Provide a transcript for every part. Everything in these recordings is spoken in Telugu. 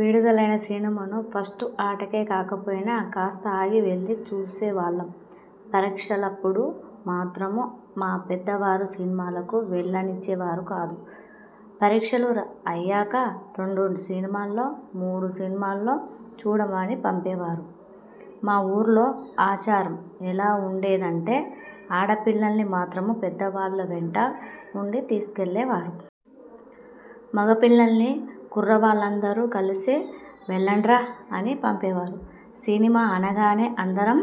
విడుదలైన సినిమాను ఫస్ట్ ఆటకే కాకపోయినా, కాస్త ఆగి వెళ్లి చూసేవాళ్లం. పరీక్షలప్పుడు మాత్రం మా పెద్దవారు సినిమాలకు వెళ్లనిచ్చేవారు కాదు.. పరీక్షలు అయ్యాక రెండు సినిమాలో, మూడు సినిమాలో చూడమని పంపేవారు. మా ఊర్లో ఆచారం ఎలా ఉండేదంటే, ఆడపిల్లల్ని మాత్రం పెద్దవాళ్లు వెంట ఉండి తీసుకెళ్లేవారు. మగపిల్లన్ని 'కుర్రాళ్లందరూ కలిసి వెళ్లండ్రా' అని పంపేవారు. సినిమా అనగానే అందరం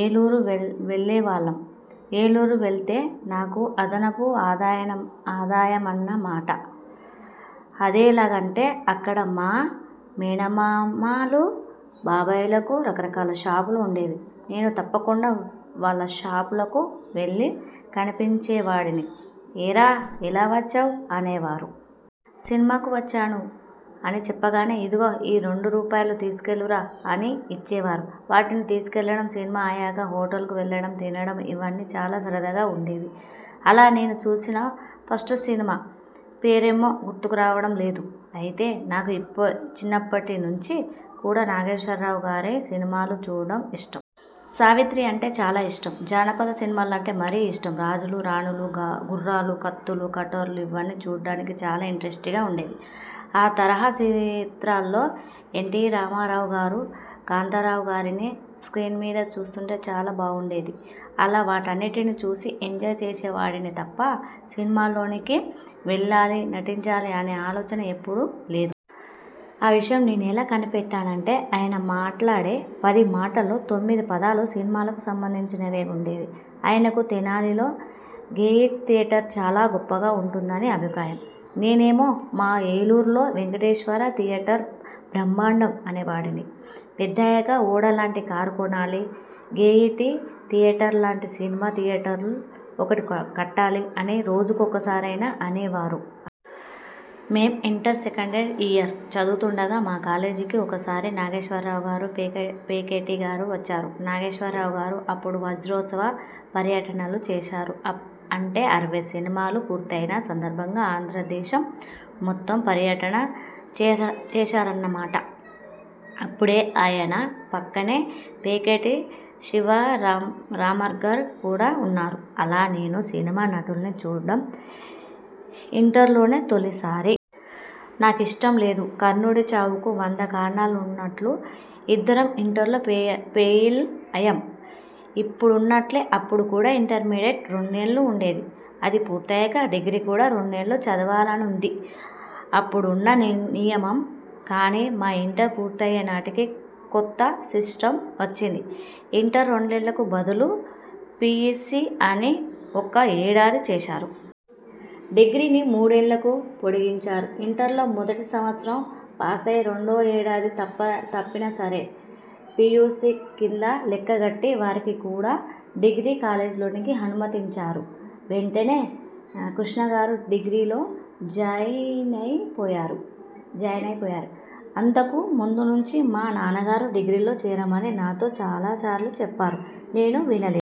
ఏలూరు వెళ్ వెళ్లేవాళ్లం. ఏలూరు వెళ్తే నాకు అదనపు ఆదాయాన్నం ఆదాయమన్నమాట. అదెలాగంటే అక్కడ మా మేనమామలు, బాబాయిలకు రకరకాల షాపులు ఉండేవి. నేను తప్పకుండా వాళ్ళషాపులకు వెళ్లి కనిపించేవాడిని. 'ఏరా ఇలా వచ్చావ్' అనేవారు. 'సినిమాకు వచ్చాను' అని చెప్పగానే, 'ఇదిగో ఈ రెండు రూపాయలు తీసుకెళ్లరా' అని ఇచ్చేవారు. వాటిని తీసుకెళ్లడం, సినిమా అయ్యాక హోటళ్లకు వెళ్లడం, తినడం.. ఇవన్నీ చాలా సరదాగా ఉండేవి. అలా నేను చూసిన ఫస్ట్ సినిమా పేరుమ్మ్గుర్తురావడం లేదు. అయితే నాకు చిన్నప్పటి నుంచి కూడా నాగేశ్వరరావుగారె సినిమాలు చూడ్డం ఇష్టం. సావిత్రి అంటే చాలా ఇష్టం. జానపద సినిమాలంటే మరీ ఇష్టం. రాజులు, రాణులు, గుర్రాలు, కత్తులు, కటార్లు.. ఇవన్నీ చూడ్డానికి చాలా ఇంట్రస్టింగ్గా ఉండేవి. ఆ తరహాచిత్రాల్లో ఎన్టీ రామారావుగారు, కాంతారావుగారిని స్ర్కీన్మీద చూస్తుంటే చాలా బావుండేది. అలా వాటన్నిటినీ చూసి ఎంజాయ్ చేసేవాడినేతప్ప, సినిమాల్లోకి వెళ్లాలి, నటించాలి అనే ఆలోచన ఎప్పుడూ లేదు. ఆ విషయం నేనెలా కనిపెట్టానంటే ఆయన మాట్లాడే పదిమాటల్లో తొమ్మిదిపదాలు సినిమాలకు సంబంధించినవే ఉండేవి. ఆయనకు తెనాలిలో గెయిటీ థియేటర్ చాలా గొప్పగా ఉంటుందని అభిప్రాయం. నేనేమో 'మా ఏలూరులో వెంకటేశ్వర థియేటర్ బ్రహ్మాండం' అనేవాడిని. 'పెద్దయ్యాక ఓడలాంటి కారు కొనాలి, గెయిటీ థియేటర్లాంటి సినిమా థియేటర్ ఒకటి కట్టాలి' అని రోజుకు ఒక్కసారైనా అనేవారు. మేం ఇంటర్ సెకండ్ ఇయర్ చదువుతుండగా మా కాలేజీకి ఒకసారి నాగేశ్వరరావుగారు, పేకేటిగారు వచ్చారు. నాగేశ్వరరావుగారు అప్పుడు 'వజ్రోత్సవ పర్యటనలు' చేశారు. అంటే అరవై సినిమాలు పూర్తయిన సందర్భంగా ఆంధ్రదేశం మొత్తం పర్యటన చేశా చేశారన్నమాట। అప్పుడే ఆయన పక్కనే పేకేటి శివరామ్గారు కూడా ఉన్నారు. అలా నేను సినిమా నటుల్ని చూడ్డం ఇంటర్లోనే తొలిసారి. నాకిష్టం లేదుకర్ణుడిచావుకు వంద కారణాలన్నట్టు ఇద్దరం ఇంటర్లో ఫెయిల్ అయ్యాం. ఇప్పుడున్నట్టే అప్పుడు కూడా ఇంటర్మీడియెట్ రెండేళ్లు ఉండేది. అది పూర్తయ్యాక డిగ్రీ కూడా రెండేళ్లు చదవాలని ఉంది. అప్పుడున్న నియమం. కానీ మా ఇంటర్ పూర్తయ్యేనాటికి కొత్త సిస్టమ్ వచ్చింది. ఇంటర్ రెండేళ్లకు బదులు పీయూసీ అని ఒక్క ఏడాది చేశారు. డిగ్రీని మూడేళ్లకు పొడిగించారు. ఇంటర్లో మొదటి సంవత్సరం పాసై, రెండో ఏడాది తప్ప తప్పినాసరే. పీయూసీ కింద లెక్కగట్టి వారికి కూడా డిగ్రీ కాలేజీల్లోనికి అనుమతించారు. వెంటనే కృష్ణగారు డిగ్రీలో జాయినైపోయారు. అంతకు ముందునుంచీ మా నాన్నగారు డిగ్రీలో చేరమని నాతో చాలాసార్లు చెప్పారు. నేను వినలే.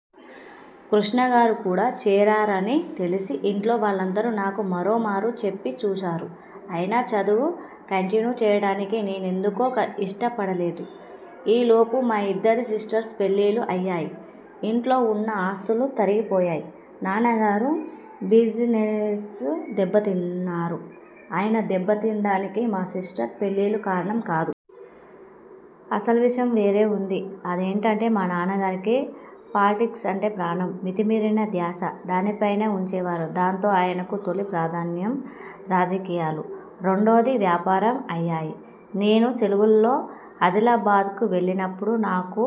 కృష్ణగారు కూడా చేరారని తెలిసి ఇంట్లో వాళ్లందరూ నాకు మరోమారు చెప్పి చూశారు. అయినా చదువు కంటిన్యూ చేయడానికి నేనెందుకో ఇష్టపడలేదు. ఈ లోపు మా ఇద్దరు సిస్టర్స్కి పెళ్లిళ్లు అయ్యాయి.. ఇంట్లో ఉన్న ఆస్తులు తరిగిపోయాయి. నాన్నగారు బిజినెసు దెబ్బతిన్నారు. ఆయన దెబ్బతినడానికి మా సిస్టర్స్ పెళ్ళిళ్ళు కారణం కాదు. అసలు విషయం వేరే ఉంది. అదేంటంటే, మా నాన్నగారికి పాలిటిక్స్ అంటే ప్రాణం. మితిమీరిన ధ్యాస దానిపైనే ఉంచేవారు. దాంతో ఆయనకు తొలి ప్రాధాన్యం రాజకీయాలు. రెండోది వ్యాపారం అయ్యాయి. నేను సెలవుల్లో ఆదిలాబాద్కు వెళ్లినప్పుడు నాకు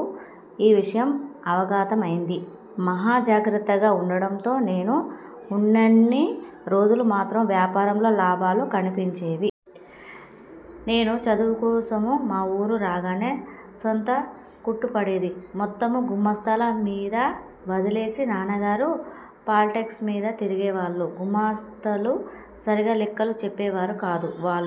ఈ విషయం అవగతమైంది. మహాజాగ్రత్తగా ఉండటంతో నేను ఉన్నన్ని రోజులూ మాత్రం వ్యాపారంలో లాభాలు కనిపించేవి. నేను చదువుకోసం మా ఊరు రాగానే సాంతం కుంటుపడేది. మొత్తం గుమస్తాలమీద వదిలేసి నాన్నగారు పాలిటిక్స్మీద తిరిగేవాళ్లు. గుమస్తాలు సరిగా లెక్కలు చెప్పేవారు కాదు. వాళ్లూ,